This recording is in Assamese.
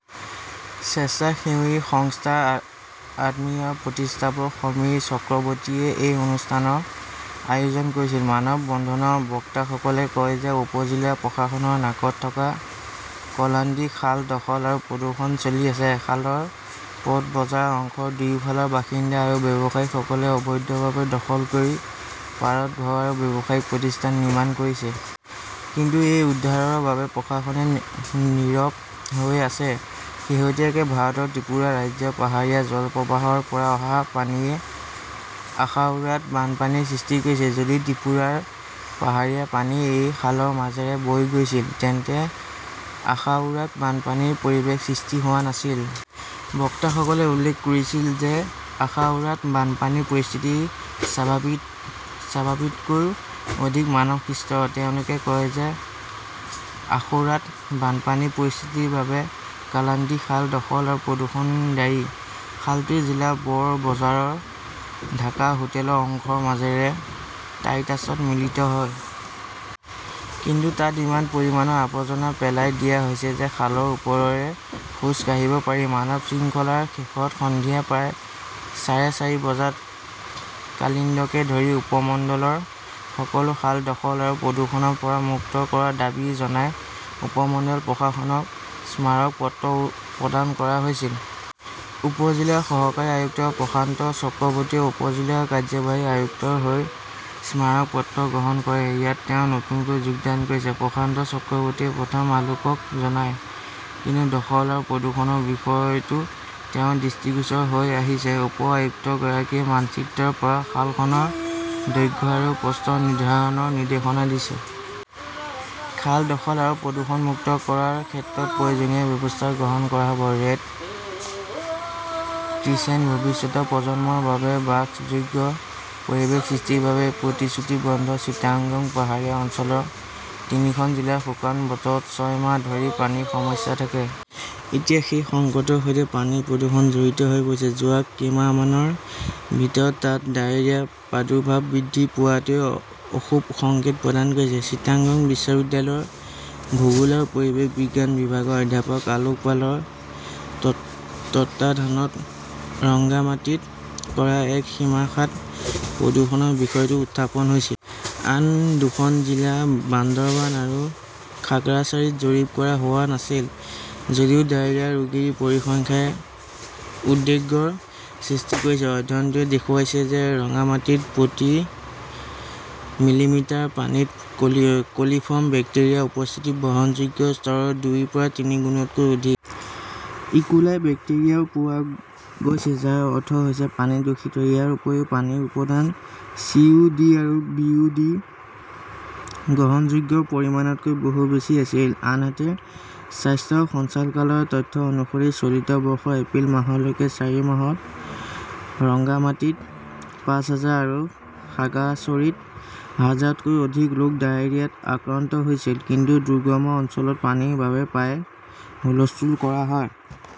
স্বেচ্ছাসেৱী সংস্থা আত্মীয়ৰ প্ৰতিষ্ঠাপক সমীৰ চক্ৰৱৰ্তীয়ে এই অনুষ্ঠানৰ আয়োজন কৰিছিল। মানৱ বন্ধনৰ বক্তাসকলে কয় যে, উপ-জিলা প্ৰশাসনৰ নাকত থকা কালাণ্ডি খাল দখল আৰু প্ৰদূষণ চলি আছে। খালৰ পথ বজাৰ অংশৰ দুয়োফালৰ বাসিন্দা আৰু ব্যৱসায়ীসকলে অবৈধভাৱে দখল কৰি পাৰত ঘৰ আৰু ব্যৱসায়িক প্ৰতিষ্ঠান নিৰ্মাণ কৰিছে। কিন্তু এই উদ্ধাৰৰ বাবে প্ৰশাসনে নীৰৱ হৈ আছে। শেহতীয়াকৈ ভাৰতৰ ত্ৰিপুৰা ৰাজ্যৰ পাহাৰীয়া জলপ্ৰবাহৰ পৰা অহা পানীয়ে আখাউৰাত বানপানীৰ সৃষ্টি কৰিছে। যদি ত্ৰিপুৰাৰ পাহাৰীয়া পানী এই খালৰ মাজেৰে বৈ গৈছিল, তেন্তে আখাউৰাত বানপানীৰ পৰিৱেশ সৃষ্টি হোৱা নাছিল। বক্তাসকলে উল্লেখ কৰিছিল যে, আখাউৰাত বানপানীৰ পৰিস্থিতি স্বাভাৱিকতকৈ অধিক মানৱসৃষ্ট। তেওঁলোকে কয় যে, আখৌৰাত বানপানীৰ পৰিস্থিতিৰ বাবে কালাণ্ডি খাল দখল আৰু প্ৰদূষণ দায়ী। খালটো জিলাৰ বড় বজাৰৰ ঢাকা হোটেলৰ অংশৰ মাজেৰে টাইটাছত মিলিত হয়। কিন্তু তাত ইমান পৰিমাণৰ আৱৰ্জনা পেলাই দিয়া হৈছে যে খালৰ ওপৰেৰে খোজ কাঢ়িব পাৰি। মানৱ শৃংখলাৰ শেষত সন্ধিয়া প্ৰায় চাৰে চাৰি বজাত কালিণ্ডকে ধৰি উপমণ্ডলৰ সকলো খাল দখল আৰু প্ৰদূষণৰ পৰা মুক্ত কৰাৰ দাবী জনাই উপমণ্ডল প্ৰশাসনক স্মাৰক পত্ৰ প্ৰদান কৰা হৈছিল। উপ-জিলাৰ সহকাৰী আয়ুক্ত প্ৰশান্ত চক্ৰৱৰ্তীয়ে উপ-জিলা কাৰ্যবাহী আয়ুক্তৰ হৈ স্মাৰক পত্ৰ গ্ৰহণ কৰে। ইয়াত তেওঁ নতুনকৈ যোগদান কৰিছে, প্ৰশান্ত চক্ৰৱৰ্তীয়ে প্ৰথম আলোকক জনায়। কিন্তু দখল আৰু প্ৰদূষণৰ বিষয়টো তেওঁৰ দৃষ্টিগোচৰ হৈ আহিছে। উপ-আয়ুক্তগৰাকীয়ে মানচিত্ৰৰ পৰা খালখনৰ দৈৰ্ঘ্য আৰু প্ৰস্থ নিৰ্ধাৰণৰ নিৰ্দেশনা দিছে। খাল দখল আৰু প্ৰদূষণমুক্ত কৰাৰ ক্ষেত্ৰত প্ৰয়োজনীয় ব্যৱস্থা গ্ৰহণ কৰা হ'ব। ৰেড ক্ৰিচেণ্ট ভৱিষ্যতৰ প্ৰজন্মৰ বাবে বাসযোগ্য পৰিৱেশ সৃষ্টিৰ বাবে প্ৰতিশ্ৰুতিবদ্ধ চিটাগং পাহাৰীয়া অঞ্চলৰ তিনিখন জিলাত শুকান বতৰত ছয় মাহ ধৰি পানীৰ সমস্যা থাকে। এতিয়া সেই সংকটৰ সৈতে পানীৰ প্ৰদূষণ জড়িত হৈ পৰিছে। যোৱা কেইমাহমানৰ ভিতৰত তাত ডায়েৰিয়াৰ প্ৰাদুৰ্ভাৱ বৃদ্ধি পোৱাটোৱে অশুভ সংকেত প্ৰদান কৰিছে। চিটাগং বিশ্ববিদ্যালয়ৰ ভূগোল আৰু পৰিৱেশ বিজ্ঞান বিভাগৰ অধ্যাপক অলোক পালৰ তত্বাৱধানত ৰংগামাটিত কৰা এক সমীক্ষাত প্ৰদূষণৰ বিষয়টো উত্থাপন হৈছিল। আন দুখন জিলা বান্দাৰবান আৰু খাগৰাছাৰীত জৰীপ কৰা হোৱা নাছিল যদিও ডায়েৰিয়া ৰোগীৰ পৰিসংখ্যাই উদ্বেগৰ সৃষ্টি কৰিছে। অধ্যয়নটোৱে দেখুৱাইছে যে ৰংগামাটিত প্ৰতি মিলিলিটাৰ পানীত কলিফৰ্ম বেক্টেৰিয়াৰ উপস্থিতি বহনযোগ্য স্তৰৰ দুইৰ পৰা তিনিগুণতকৈ অধিক। ইকোলাই বেক্টেৰিয়াও পোৱা গৈছে, যাৰ অৰ্থ হৈছে পানী দূষিত। ইয়াৰ উপৰিও পানীৰ উপাদান চি. ও. ডি. আৰু বি. ও. ডি. গ্ৰহণযোগ্য পৰিমাণতকৈ বহু বেছি আছিল। আনহাতে, স্বাস্থ্য সঞ্চালকালয়ৰ তথ্য অনুসৰি চলিত বৰ্ষৰ এপ্ৰিল মাহলৈকে চাৰি মাহত ৰংগামাটিত পাঁচ হাজাৰ আৰু খাগ্ৰাচৰীত হাজাৰতকৈও অধিক লোক ডায়েৰিয়াত আক্ৰান্ত হৈছিল। কিন্তু দুৰ্গম অঞ্চলত পানীৰ বাবে প্ৰায়ে হুলস্থুল কৰা হয়।